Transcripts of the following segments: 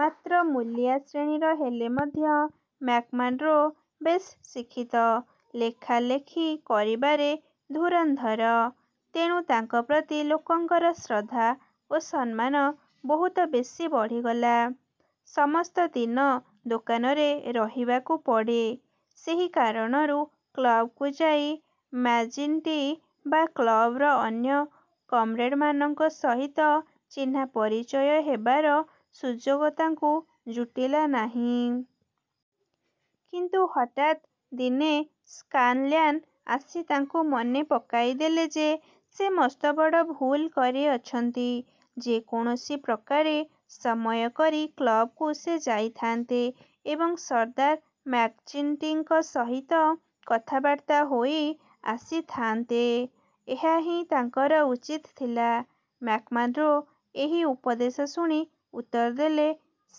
ମାତ୍ର ମୂଲିଆ ଶ୍ରେଣୀର ହେଲେ ମଧ୍ୟ ମ୍ୟାକ୍ମାର୍ଡ଼ୋ ବେଶ୍ ଶିକ୍ଷିତ–ଲେଖାଲେଖି କରିବାରେ ଧୁରନ୍ଧର। ତେଣୁ ତାଙ୍କପ୍ରତି ଲୋକଙ୍କର ଶ୍ରଦ୍ଧା ଓ ସମ୍ମାନ ବହୁତ ବେଶୀ ବଢ଼ିଗଲା। ସମସ୍ତ ଦିନ ଦୋକାନରେ ରହିବାକୁ ପଡ଼େ। ସେହି କାରଣରୁ କ୍ଳବକୁ ଯାଇ ମ୍ୟାକ୍ଜିଣ୍ଟି ବା କ୍ଳବର ଅନ୍ୟ କମ୍ରେଡ଼ମାନଙ୍କ ସହିତ ଚିହ୍ନାପରିଚୟ ହେବାର ସୁଯୋଗ ତାଙ୍କୁ ଯୁଟିଲା ନାହିଁ। କିନ୍ତୁ ହଠାତ୍ ଦିନେ ସ୍କାନଲ୍ୟାନ୍ ଆସି ତାଙ୍କୁ ମନେ ପକାଇଦେଲେ ଯେ ସେ ମସ୍ତବଡ଼ ଭୁଲ କରିଅଛନ୍ତି। ଯେ କୌଣସି ପ୍ରକାରେ ସମୟ କରି କ୍ଳବକୁ ସେ ଯାଇଥାଆନ୍ତେ ଏବଂ ସର୍ଦ୍ଦାର ମ୍ୟାକ୍ଜିଣ୍ଟିଙ୍କ ସହିତ କଥାବାର୍ତ୍ତା ହୋଇ ଆସିଥାଆନ୍ତେ–ଏହା ହିଁ ତାଙ୍କର ଉଚିତ ଥିଲା। ମ୍ୟାକ୍ମାର୍ଡ଼ୋ ଏହି ଉପଦେଶ ଶୁଣି ଉତ୍ତର ଦେଲେ,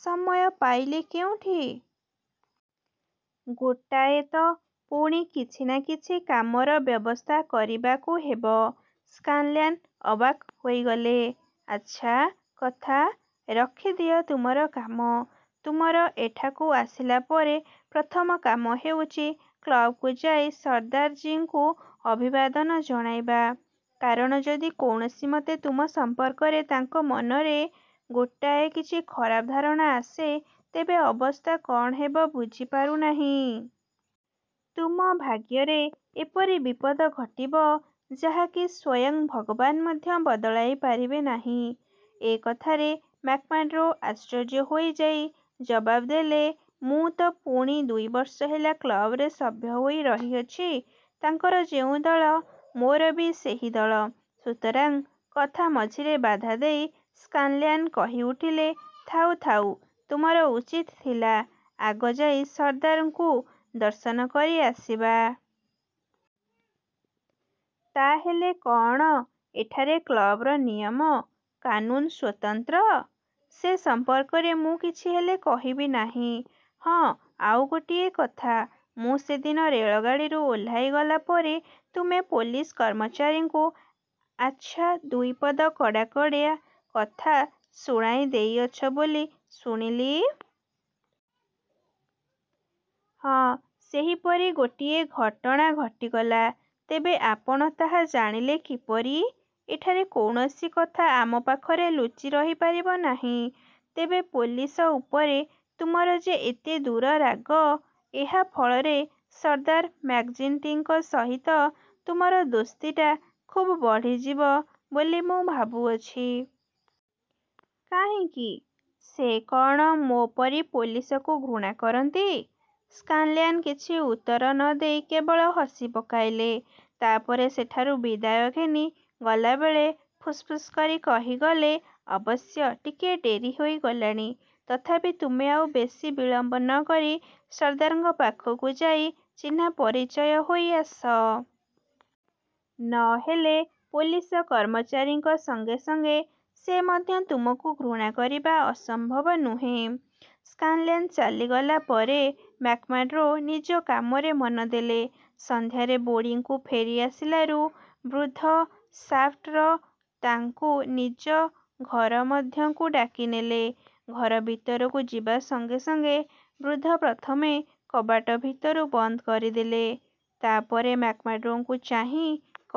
''ସମୟ ପାଇଲି କେଉଁଠି? ଗୋଟାଏ ତ ପୁଣି କିଛି ନା କିଛି କାମର ବ୍ୟବସ୍ଥା କରିବାକୁ ହେବ। '' ସ୍କାନଲ୍ୟାନ୍ ଅବାକ୍ ହୋଇଗଲେ। ''ଆଚ୍ଛା କଥା, ରଖିଦିଅ ତୁମର କାମ। ତୁମର ଏଠାକୁ ଆସିଲା ପରେ ପ୍ରଥମ କାମ ହେଉଛି, କ୍ଳବକୁ ଯାଇ ସର୍ଦ୍ଦାରଜୀଙ୍କୁ ଅଭିବାଦନ ଜଣାଇବା। କାରଣ, ଯଦି କୌଣସି ମତେ ତୁମ ସମ୍ପର୍କରେ ତାଙ୍କ ମନରେ ଗୋଟାଏ କିଛି ଖରାପ ଧାରଣା ଆସେ, ତେବେ ଅବସ୍ଥା କଅଣ ହେବ ବୁଝିପାରୁ ନାହିଁ? ତୁମ ଭାଗ୍ୟରେ ଏପରି ବିପଦ ଘଟିବ, ଯାହା କି ସ୍ୱୟଂ ଭଗବାନ ମଧ୍ୟ ବଦଳାଇ ପାରିବେ ନାହିଁ। '' ଏ କଥାରେ ମ୍ୟାକ୍ମାର୍ଡ଼ୋ ଆଶ୍ଚର୍ଯ୍ୟ ହୋଇଯାଇ ଜବାବ ଦେଲେ, ''ମୁଁ ତ ପୁଣି ଦୁଇ ବର୍ଷ ହେଲା କ୍ଳବରେ ସଭ୍ୟ ହୋଇ ରହିଅଛି। ତାଙ୍କର ଯେଉଁ ଦଳ, ମୋର ବି ସେହି ଦଳ, ସୁତରାଂ '' କଥା ମଝିରେ ବାଧା ଦେଇ ସ୍କାନଲ୍ୟାନ୍ କହିଉଠିଲେ, ''ଥାଉ ଥାଉ; ତୁମର ଉଚିତ ଥିଲା, ଆଗ ଯାଇ ସର୍ଦ୍ଦାରଙ୍କୁ ଦର୍ଶନ କରି ଆସିବା। '' —ତା ହେଲେ କଅଣ ଏଠାରେ କ୍ଳବର ନିୟମ। କାନୁନ ସ୍ୱତନ୍ତ୍ର? —ସେ ସମ୍ପର୍କରେ ମୁଁ କିଛି ହେଲେ କହିବି ନାହିଁ। ହଁ, ଆଉ ଗୋଟିଏ କଥା। ମୁଁ ସେଦିନ ରେଳଗାଡ଼ିରୁ ଓହ୍ଳାଇଗଲା ପରେ ତୁମେ ପୋଲିସ କର୍ମଚାରୀଙ୍କୁ ଆଚ୍ଛା ଦୁଇ ପଦ କଡ଼ାକଡ଼ା କଥା ଶୁଣାଇଦେଇଅଛ ବୋଲି ଶୁଣିଲି। —ହଁ, ସେହିପରି ଗୋଟାଏ ଘଟଣା ଘଟିଗଲା। ତେବେ ଆପଣ ତାହା ଜାଣିଲେ କିପରି? —ଏଠାରେ କୌଣସି କଥା ଆମ ପାଖରେ ଲୁଚି ରହିପାରିବ ନାହିଁ। ତେବେ ପୋଲିସ ଉପରେ ତୁମର ଯେ ଏତେ ଦୂର ରାଗ, ଏହା ଫଳରେ ସର୍ଦ୍ଦାର ମ୍ୟାକ୍ଜିଣ୍ଟି ଙ୍କ ସହିତ ତୁମର ଦୋସ୍ତିଟା ଖୁବ୍ ବଢ଼ିଯିବ ବୋଲି ମୁଁ ଭାବୁଅଛି। —କାହିଁକି? ସେ କଅଣ ମୋ ପରି ପୋଲିସକୁ ଘୃଣା କରନ୍ତି? ସ୍କାନଲ୍ୟାନ୍ କିଛି ଉତ୍ତର ନ ଦେଇ କେବଳ ହସିପକାଇଲେ। ତା ପରେ ସେଠାରୁ ବିଦାୟ ଘେନି ଗଲାବେଳେ ଫୁସ୍ଫୁସ୍ କରି କହିଗଲେ, ''ଅବଶ୍ୟ ଟିକିଏ ଡେରି ହୋଇଗଲାଣି; ତଥାପି ତୁମେ ଆଉ ବେଶୀ ବିଳମ୍ବ ନ କରି ସର୍ଦ୍ଦାରଙ୍କ ପାଖକୁ ଯାଇ ଚିହ୍ନାପରିଚୟ ହୋଇ ଆସ। ନ ହେଲେ ପୋଲିସ କର୍ମଚାରୀଙ୍କ ସଙ୍ଗେସଙ୍ଗେ ସେ ମଧ୍ୟ ତୁମକୁ ଘୃଣା କରିବା ଅସମ୍ଭବ ନୁହେଁ। '' ସ୍କାନଲ୍ୟାନ୍ ଚାଲିଗଲା ପରେ ମ୍ୟାକ୍ମାର୍ଡ଼ୋ ନିଜ କାମରେ ମନ ଦେଲେ। ସନ୍ଧ୍ୟାରେ ବୋର୍ଡ଼ିଂକୁ ଫେରି ଆସିଲାରୁ ବୃଦ୍ଧ ଶାଫ୍ଟର ତାଙ୍କୁ ନିଜ ଘରମଧ୍ୟକୁ ଡାକିନେଲେ। ଘରଭିତରକୁ ଯିବା ସଙ୍ଗେସଙ୍ଗେ ବୃଦ୍ଧ ପ୍ରଥମେ କବାଟ ଭିତରୁ ବନ୍ଦ କରିଦେଲେ। ତା ପରେ ମ୍ୟାକ୍ମାର୍ଡ଼ୋଙ୍କୁ ଚାହିଁ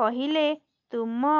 କହିଲେ, ''ତୁମ